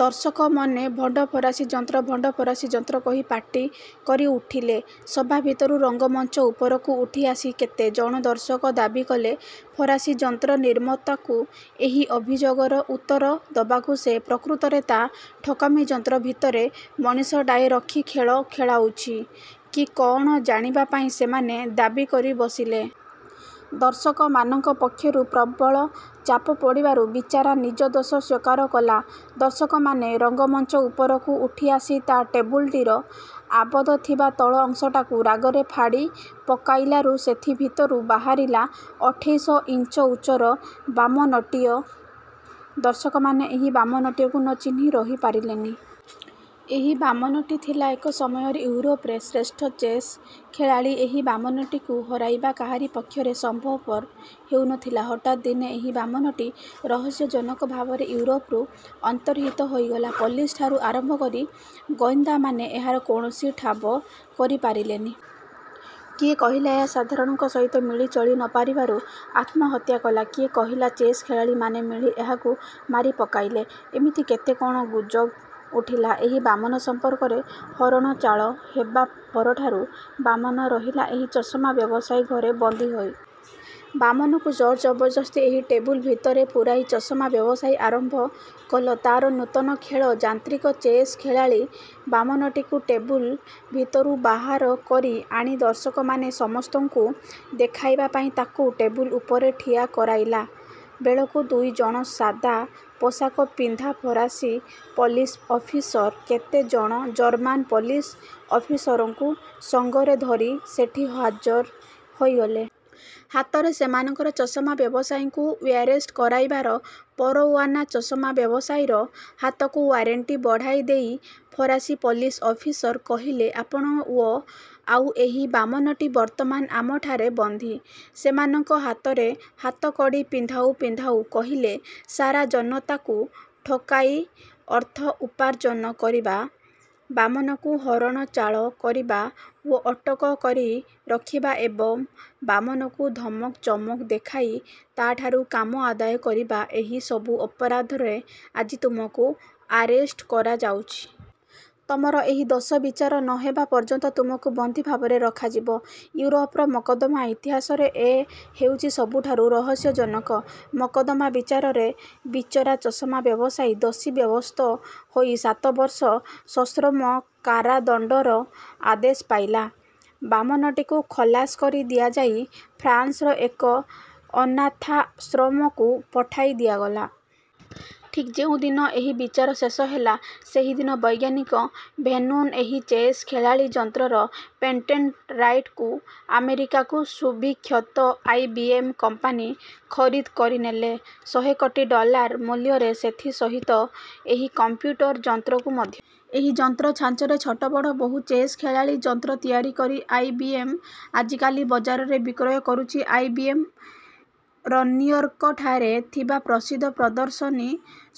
ଦର୍ଶକମନେ 'ଭଣ୍ଡ ଫରାସୀ ଯନ୍ତ୍ର' 'ଭଣ୍ଡ ଫରାସୀ ଯନ୍ତ୍ର' କହି ପାଟି କରି ଉଠିଲେ। ସଭା ଭିତରୁ ରଙ୍ଗମଞ୍ଚ ଉପରକୁ ଉଠି ଆସି କେତେ ଜଣ ଦର୍ଶକ ଦାବୀ କଲେ ଫରାସୀ ଯନ୍ତ୍ରନିର୍ମତକୁ ଏହି ଅଭିଯୋଗର ଉତ୍ତର ଦବାକୁ। ସେ ପ୍ରକୃତରେ ତା ଠକାମି ଯନ୍ତ୍ର ଭିତରେ ମଣିଷଡାଏ ରଖି ଖେଳ ଖେଳାଉଛି କି କଅଣ ଜାଣିବା ପାଇଁ ସେମାନେ ଦାବୀ କରି ବସିଲେ। ଦର୍ଶକମାନଙ୍କ ପକ୍ଷରୁ ପ୍ରବଳ ଚାପ ପଡ଼ିବାରୁ ବିଚାରା ନିଜ ଦୋଷ ସ୍ୱୀକାର କଲା। ଦର୍ଶକମାନେ ରଙ୍ଗମଞ୍ଚ ଉପରକୁ ଉଠି ଆସି ତା ଟେବୁଲଟିର ଆବଦ୍ଧ ଥିବା ତଳ ଅଂଶଟାକୁ ରାଗରେ ଫାଡି ପକାଇଲାରୁ ସେଥି ଭିତରୁ ବାହାରିଲା ଅଠେଇଶ ଇଞ୍ଚ ଉଚ୍ଚର ବାମନଟିଅ। ଦର୍ଶକମାନେ ଏହି ବାମନଟିଅକୁ ନ ଚିହ୍ନି ରହି ପାରିଲେନି। ଏହି ବାମନଟି ଥିଲା ଏକ ସମୟରେ ୟୁରୋପରେ ଶ୍ରେଷ୍ଠ ଚେସ୍ ଖେଳାଳୀ। ଏହି ବାମନଟିକୁ ହରାଇବା କାହାରି ପକ୍ଷରେ ସମ୍ଭବପର ହେଉ ନ ଥିଲା। ହଠାତ୍ ଦିନେ ଏହି ବାମନଟି ରହସ୍ୟଜନକ ଭାବରେ ଇଉରୋପରୁ ଅନ୍ତର୍ହିତ ହୋଇଗଲା। ପୋଲିସଠାରୁ ଆରମ୍ଭକରି ଗୋଇନ୍ଦାମାନେ ଏହାର କୌଣସି ଠାବ କରିପାରିଲେନି-। କିଏ କହିଲା–ଏହା ସାଧାରଣଙ୍କ ସହିତ ମିଳି ଚଳି ନ ପାରିବାରୁ ଆତ୍ମହତ୍ୟା କଲା; କିଏ କହିଲା, ଚେସ୍ ଖେଳାଳୀମାନେ ମିଳି ଏହାକୁ ମାରିପକାଇଲେ, ଏମିତି କେତେ କଣ ଗୁଜବ୍ ଉଠିଲା, ଏହି ବାମନ ସମ୍ପର୍କରେ। ହରଣଚାଳ ହେବା ପରଠାରୁ ବାମନ ରହିଲା ଏହି ଚଷମା ବ୍ୟବସାୟୀ ଘରେ ବନ୍ଦୀହୋଇ। ବାମନକୁ ଜୋର ଜବରଦସ୍ତି ଏହି ଟେବୁଲ ଭିତରେ ପୂରାଇ ଚଷମା ବ୍ୟବସାୟୀ ଆରମ୍ଭ କଲ। ତା'ର ନୂତନ ଖେଳ, ଯାନ୍ତ୍ରିକ ଚେସ୍ ଖେଳାଳୀ। ବାମନଟିକୁ ଟେବୁଲ ଭିତରୁ ବାହାର କରି ଆଣି ଦର୍ଶକମାନେ ସମସ୍ତଙ୍କୁ ଦେଖାଇବା ପାଇଁ ତାକୁ ଟେବୁଲ ଉପରେ ଠିଆ କରାଇଲା ବେଳକୁ ଦୁଇ ଜଣ ସାଦା ପୋଷାକ ପିନ୍ଧାଫରାସୀ ପୋଲିସ ଅଫିସର କେତେ ଜଣ ଜର୍ମାନ୍ ପୋଲିସ ଅଫିସରଙ୍କୁ ସଙ୍ଗରେ ଧରି ସେଠି ହାଜର ହୋଇଗଲେ। ହାତରେ ସେମାନଙ୍କର ଚଷମା ବ୍ୟବସାୟୀଙ୍କୁ ଆରେଷ୍ଟ କରାଇବାର ପରଓ୍ୱାନା, ଚଷମା ବ୍ୟବସାୟୀର ହାତକୁ ଓ୍ୱାରେଣ୍ଟି ବଢ଼ାଇ ଦେଇ ଫରାସୀ ପଲିସ ଅଫିସର କହିଲେ, 'ଆପଣ ୱ ଆଉ ଏହି ବାମନଟି ବର୍ତ୍ତମାନ ଆମ ଠାରେ ବନ୍ଦୀ। ' ସେମାନଙ୍କ ହାତରେ ହାତକଡ଼ି ପିନ୍ଧାଉ ପିନ୍ଧାଉ କହିଲେ, 'ସାରା ଜନତାକୁ ଠକାଇ ଅର୍ଥ ଉପାର୍ଜ୍ଜନ କରିବା, ବାମନକୁ ହରଣଚାଳ କରିବା ୱ ଅଟକ କରି ରଖିବା ଏବଂ ବାମନକୁ ଧମକ ଚମକ ଦେଖାଇ ତା'ଠାରୁ କାମ ଆଦାୟ କରିବା ଏହି ସବୁ ଅପରାଧରେ ଆଜି ତୁମକୁ ଆରେଷ୍ଟ କରାଯାଉଛି। ତମର ଏହି ଦୋଷବିଚାର ନ ହେବା ପର୍ଯ୍ୟନ୍ତ ତୁମକୁ ବନ୍ଦୀଭାବରେ ରଖାଯିବ। ଇଉରୋପର ମୋକଦ୍ଦମା ଇତିହାସରେ ଏ ହେଉଛି ସବୁଠାରୁ ରହସ୍ୟଜନକ ମୋକଦ୍ଦମା। ବିଚାରରେ ବିଚରା ଚଷମା ବ୍ୟବସାୟୀ ଦୋଷୀ ବ୍ୟବ୍ୟସ୍ତ ହୋଇ ସାତବର୍ଷ ସଶ୍ରମ କାରାଦଣ୍ଡର ଆଦେଶ ପାଇଲା। ବାମନଟିକୁ ଖଲାସ କରି ଦିଆଯାଇ ଫ୍ରାନ୍ସର ଏକ ଅନାଥାଶ୍ରମକୁ ପଠାଇ ଦିଆଗଲା। ଠିକ୍ ଯେଉଁ ଦିନ ଏହି ବିଚାର ଶେଷ ହେଲା, ସେହି ଦିନ ବୈଜ୍ଞାନିକ ଭେନୁନ ଏହି ଚେସ୍ ଖେଳାଳୀ ଯନ୍ତ୍ରର ପେଟେଣ୍ଟ ରାଇଟକୁ ଆମେରିକାର ସୁବିଖ୍ୟାତ ଆଇ. ବି. ଏମ୍ କମ୍ପାନୀ ଖରିଦ୍ କରିନେଲେ ଶହେ କୋଟି ଡଲାର ମୂଲ୍ୟରେ, ସେଥି ସହିତ ଏହି କଂପ୍ୟୁଟର ଯନ୍ତ୍ରକୁ ମଧ୍ୟ। ଏହି ଯନ୍ତ୍ର ଛାଞ୍ଚରେ ଛୋଟ ବଡ଼ ବହୁ ଚେସ୍ ଖେଳାଳୀ ଯନ୍ତ୍ର ତିଆରି କରି ଆଇ. ବି. ଏମ୍. ଆଜିକାଲି ବଜାରରେ ବିକ୍ରୟ କରୁଛି। ଆଇ. B M. ରନିଉୟର୍କଠାରେ ଥିବା ପ୍ରସିଦ୍ଧ ପ୍ରଦର୍ଶନୀ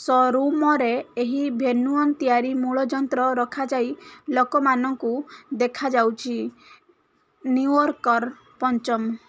ସୋ ରୁମରେ ଏହି ଭେନୁଅନ ତିଆରି ମୂଳ ଯନ୍ତ୍ର ରଖାଯାଇ ଲୋକମାନଙ୍କୁ ଦେଖାଯାଉଛି। ନିଉୟର୍କର ପଞ୍ଚମ